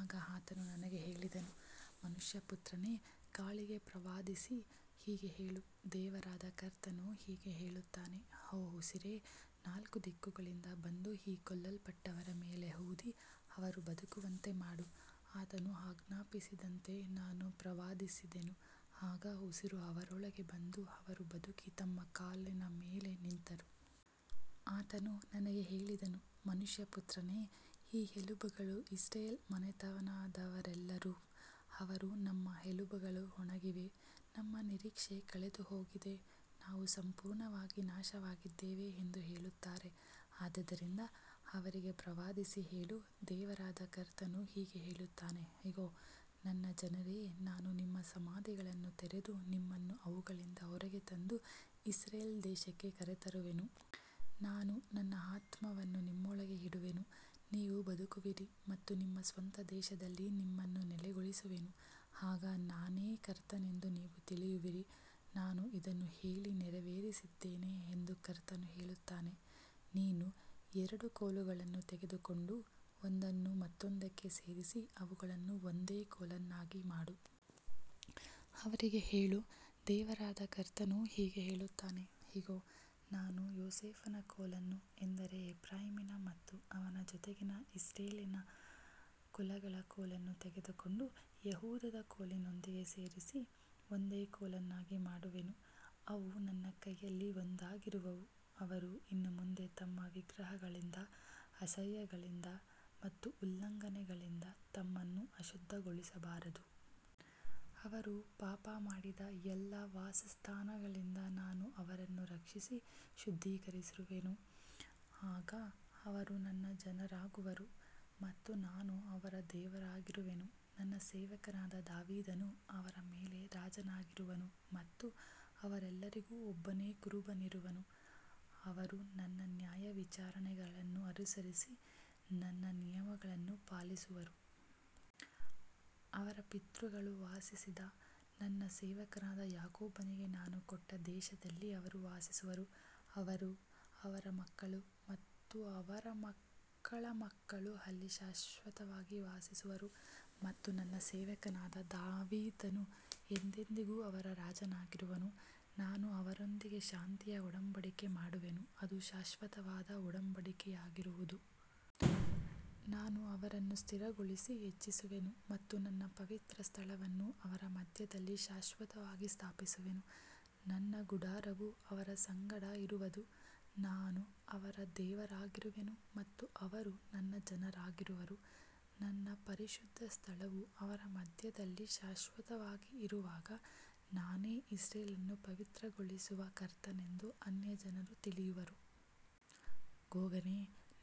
ಆಗ ಆತನು ನನಗೆ ಹೇಳಿದನು, ಮನುಷ್ಯಪುತ್ರನೇ, ಗಾಳಿಗೆ ಪ್ರವಾದಿಸಿ ಹೀಗೆ ಹೇಳು, ದೇವರಾದ ಕರ್ತನು ಹೀಗೆ ಹೇಳುತ್ತಾನೆ, ಓ ಉಸಿರೇ, ನಾಲ್ಕು ದಿಕ್ಕುಗಳಿಂದ ಬಂದು ಈ ಕೊಲ್ಲಲ್ಪಟ್ಟವರ ಮೇಲೆ ಊದಿ ಅವರು ಬದುಕುವಂತೆ ಮಾಡು. ಆತನು ಆಜ್ಞಾಪಿಸಿದಂತೆ ನಾನು ಪ್ರವಾದಿಸಿದೆನು, ಆಗ ಉಸಿರು ಅವರೊಳಗೆ ಬಂದು ಅವರು ಬದುಕಿ ತಮ್ಮ ಕಾಲಿನ ಮೇಲೆ ನಿಂತರು. ಆತನು ನನಗೆ ಹೇಳಿದನು, ಮನುಷ್ಯಪುತ್ರನೇ, ಈ ಎಲುಬುಗಳು ಇಸ್ರಾಯೇಲ್ ಮನೆತನದವರೆಲ್ಲರೂ. ಅವರು, ನಮ್ಮ ಎಲುಬುಗಳು ಒಣಗಿವೆ, ನಮ್ಮ ನಿರೀಕ್ಷೆ ಕಳೆದುಹೋಗಿದೆ, ನಾವು ಸಂಪೂರ್ಣವಾಗಿ ನಾಶವಾಗಿದ್ದೇವೆ ಎಂದು ಹೇಳುತ್ತಾರೆ. ಆದದರಿಂದ ಅವರಿಗೆ ಪ್ರವಾದಿಸಿ ಹೇಳು, ದೇವರಾದ ಕರ್ತನು ಹೀಗೆ ಹೇಳುತ್ತಾನೆ, ಇಗೋ, ನನ್ನ ಜನರೇ, ನಾನು ನಿಮ್ಮ ಸಮಾಧಿಗಳನ್ನು ತೆರೆದು ನಿಮ್ಮನ್ನು ಅವುಗಳಿಂದ ಹೊರಗೆ ತಂದು ಇಸ್ರಾಯೇಲ್ ದೇಶಕ್ಕೆ ಕರೆತರುವೆನು. ನಾನು ನನ್ನ ಆತ್ಮವನ್ನು ನಿಮ್ಮೊಳಗೆ ಇಡುವೆನು, ನೀವು ಬದುಕುವಿರಿ ಮತ್ತು ನಿಮ್ಮ ಸ್ವಂತ ದೇಶದಲ್ಲಿ ನಿಮ್ಮನ್ನು ನೆಲೆಗೊಳಿಸುವೆನು. ಆಗ ನಾನೇ ಕರ್ತನೆಂದು ನೀವು ತಿಳಿಯುವಿರಿ, ನಾನು ಇದನ್ನು ಹೇಳಿ ನೆರವೇರಿಸಿದ್ದೇನೆ ಎಂದು ಕರ್ತನು ಹೇಳುತ್ತಾನೆ. ನೀನು ಎರಡು ಕೋಲುಗಳನ್ನು ತೆಗೆದುಕೊಂಡು ಒಂದನ್ನು ಮತ್ತೊಂದಕ್ಕೆ ಸೇರಿಸಿ ಅವುಗಳನ್ನು ಒಂದೇ ಕೋಲನ್ನಾಗಿ ಮಾಡು. ಅವರಿಗೆ ಹೇಳು, ದೇವರಾದ ಕರ್ತನು ಹೀಗೆ ಹೇಳುತ್ತಾನೆ, ಇಗೋ, ನಾನು ಯೋಸೇಫನ ಕೋಲನ್ನು, ಅಂದರೆ ಎಫ್ರಾಯೀಮಿನ ಮತ್ತು ಅವನ ಜೊತೆಗಿನ ಇಸ್ರಾಯೇಲಿನ ಕುಲಗಳ ಕೋಲನ್ನು ತೆಗೆದುಕೊಂಡು, ಯೆಹೂದದ ಕೋಲಿನೊಂದಿಗೆ ಸೇರಿಸಿ ಒಂದೇ ಕೋಲನ್ನಾಗಿ ಮಾಡುವೆನು. ಅವು ನನ್ನ ಕೈಯಲ್ಲಿ ಒಂದಾಗಿರುವವು. ಅವರು ಇನ್ನು ಮುಂದೆ ತಮ್ಮ ವಿಗ್ರಹಗಳಿಂದ, ಅಸಹ್ಯಗಳಿಂದ ಮತ್ತು ಉಲ್ಲಂಘನೆಗಳಿಂದ ತಮ್ಮನ್ನು ಅಶುದ್ಧಗೊಳಿಸಬಾರದು. ಅವರು ಪಾಪಮಾಡಿದ ಎಲ್ಲಾ ವಾಸಸ್ಥಾನಗಳಿಂದ ನಾನು ಅವರನ್ನು ರಕ್ಷಿಸಿ ಶುದ್ಧೀಕರಿಸುವೆನು. ಆಗ ಅವರು ನನ್ನ ಜನರಾಗುವರು ಮತ್ತು ನಾನು ಅವರ ದೇವರಾಗಿರುವೆನು. ನನ್ನ ಸೇವಕನಾದ ದಾವೀದನು ಅವರ ಮೇಲೆ ರಾಜನಾಗಿರುವನು ಮತ್ತು ಅವರೆಲ್ಲರಿಗೂ ಒಬ್ಬನೇ ಕುರುಬನಿರುವನು. ಅವರು ನನ್ನ ನ್ಯಾಯವಿಚಾರಣೆಗಳನ್ನು ಅನುಸರಿಸಿ ನನ್ನ ನಿಯಮಗಳನ್ನು ಪಾಲಿಸುವರು. ಅವರ ಪಿತೃಗಳು ವಾಸಿಸಿದ, ನನ್ನ ಸೇವಕನಾದ ಯಾಕೋಬನಿಗೆ ನಾನು ಕೊಟ್ಟ ದೇಶದಲ್ಲಿ ಅವರು ವಾಸಿಸುವರು. ಅವರು, ಅವರ ಮಕ್ಕಳು ಮತ್ತು ಅವರ ಮಕ್ಕಳ ಮಕ್ಕಳು ಅಲ್ಲಿ ಶಾಶ್ವತವಾಗಿ ವಾಸಿಸುವರು ಮತ್ತು ನನ್ನ ಸೇವಕನಾದ ದಾವೀದನು ಎಂದೆಂದಿಗೂ ಅವರ ರಾಜನಾಗಿರುವನು. ನಾನು ಅವರೊಂದಿಗೆ ಶಾಂತಿಯ ಒಡಂಬಡಿಕೆ ಮಾಡುವೆನು, ಅದು ಶಾಶ್ವತವಾದ ಒಡಂಬಡಿಕೆಯಾಗಿರುವುದು. ನಾನು ಅವರನ್ನು ಸ್ಥಿರಗೊಳಿಸಿ ಹೆಚ್ಚಿಸುವೆನು ಮತ್ತು ನನ್ನ ಪವಿತ್ರ ಸ್ಥಳವನ್ನು ಅವರ ಮಧ್ಯದಲ್ಲಿ ಶಾಶ್ವತವಾಗಿ ಸ್ಥಾಪಿಸುವೆನು. ನನ್ನ ಗುಡಾರವು ಅವರ ಸಂಗಡ ಇರುವದು, ನಾನು ಅವರ ದೇವರಾಗಿರುವೆನು ಮತ್ತು ಅವರು ನನ್ನ ಜನರಾಗಿರುವರು. ನನ್ನ ಪರಿಶುದ್ಧ ಸ್ಥಳವು ಅವರ ಮಧ್ಯದಲ್ಲಿ ಶಾಶ್ವತವಾಗಿ ಇರುವಾಗ ನಾನೇ ಇಸ್ರಾಯೇಲನ್ನು ಪವಿತ್ರಗೊಳಿಸುವ ಕರ್ತನೆಂದು ಅನ್ಯಜನರು ತಿಳಿಯುವರು. ಗೋಗನೇ,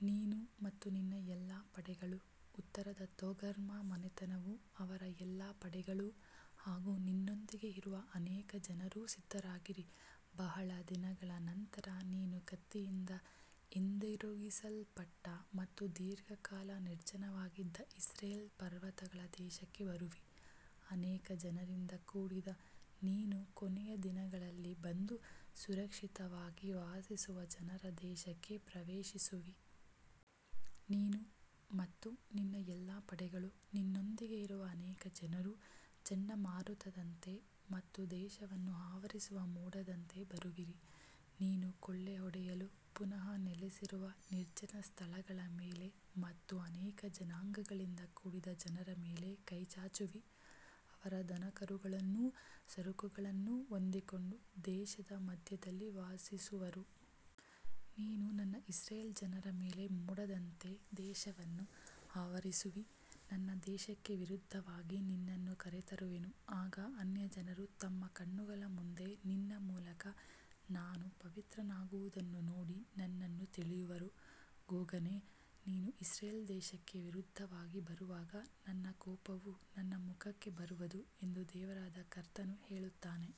ನೀನು ಮತ್ತು ನಿನ್ನ ಎಲ್ಲಾ ಪಡೆಗಳು, ಉತ್ತರದ ತೊಗರ್ಮಾ ಮನೆತನವೂ ಅವರ ಎಲ್ಲಾ ಪಡೆಗಳೂ ಹಾಗೂ ನಿನ್ನೊಂದಿಗೆ ಇರುವ ಅನೇಕ ಜನರೂ ಸಿದ್ಧರಾಗಿರಿ. ಬಹಳ ದಿನಗಳ ನಂತರ ನೀನು ಕತ್ತಿಯಿಂದ ಹಿಂದಿರುಗಿಸಲ್ಪಟ್ಟ ಮತ್ತು ದೀರ್ಘಕಾಲ ನಿರ್ಜನವಾಗಿದ್ದ ಇಸ್ರಾಯೇಲ್ ಪರ್ವತಗಳ ದೇಶಕ್ಕೆ ಬರುವಿ. ಅನೇಕ ಜನರಿಂದ ಕೂಡಿದ ನೀನು ಕೊನೆಯ ದಿನಗಳಲ್ಲಿ ಬಂದು, ಸುರಕ್ಷಿತವಾಗಿ ವಾಸಿಸುವ ಜನರ ದೇಶಕ್ಕೆ ಪ್ರವೇಶಿಸುವಿ. ನೀನು ಮತ್ತು ನಿನ್ನ ಎಲ್ಲಾ ಪಡೆಗಳು, ನಿನ್ನೊಂದಿಗೆ ಇರುವ ಅನೇಕ ಜನರು, ಚಂಡಮಾರುತದಂತೆ ಮತ್ತು ದೇಶವನ್ನು ಆವರಿಸುವ ಮೋಡದಂತೆ ಬರುವಿರಿ. ನೀನು ಕೊಳ್ಳೆಹೊಡೆಯಲು, ಪುನಃ ನೆಲೆಸಿರುವ ನಿರ್ಜನ ಸ್ಥಳಗಳ ಮೇಲೆ ಮತ್ತು ಅನೇಕ ಜನಾಂಗಗಳಿಂದ ಕೂಡಿದ ಜನರ ಮೇಲೆ ಕೈಚಾಚುವಿ. ಅವರು ದನಕರುಗಳನ್ನೂ ಸರಕುಗಳನ್ನೂ ಹೊಂದಿಕೊಂಡು ದೇಶದ ಮಧ್ಯದಲ್ಲಿ ವಾಸಿಸುವರು. ನೀನು ನನ್ನ ಇಸ್ರಾಯೇಲ್ ಜನರ ಮೇಲೆ ಮೋಡದಂತೆ ದೇಶವನ್ನು ಆವರಿಸುವಿ. ನನ್ನ ದೇಶಕ್ಕೆ ವಿರುದ್ಧವಾಗಿ ನಿನ್ನನ್ನು ಕರೆತರುವೆನು, ಆಗ ಅನ್ಯಜನರು ತಮ್ಮ ಕಣ್ಣುಗಳ ಮುಂದೆ ನಿನ್ನ ಮೂಲಕ ನಾನು ಪವಿತ್ರನಾಗುವುದನ್ನು ನೋಡಿ ನನ್ನನ್ನು ತಿಳಿಯುವರು. ಗೋಗನೇ, ನೀನು ಇಸ್ರಾಯೇಲ್ ದೇಶಕ್ಕೆ ವಿರುದ್ಧವಾಗಿ ಬರುವಾಗ ನನ್ನ ಕೋಪವು ನನ್ನ ಮುಖಕ್ಕೆ ಬರುವದು ಎಂದು ದೇವರಾದ ಕರ್ತನು ಹೇಳುತ್ತಾನೆ.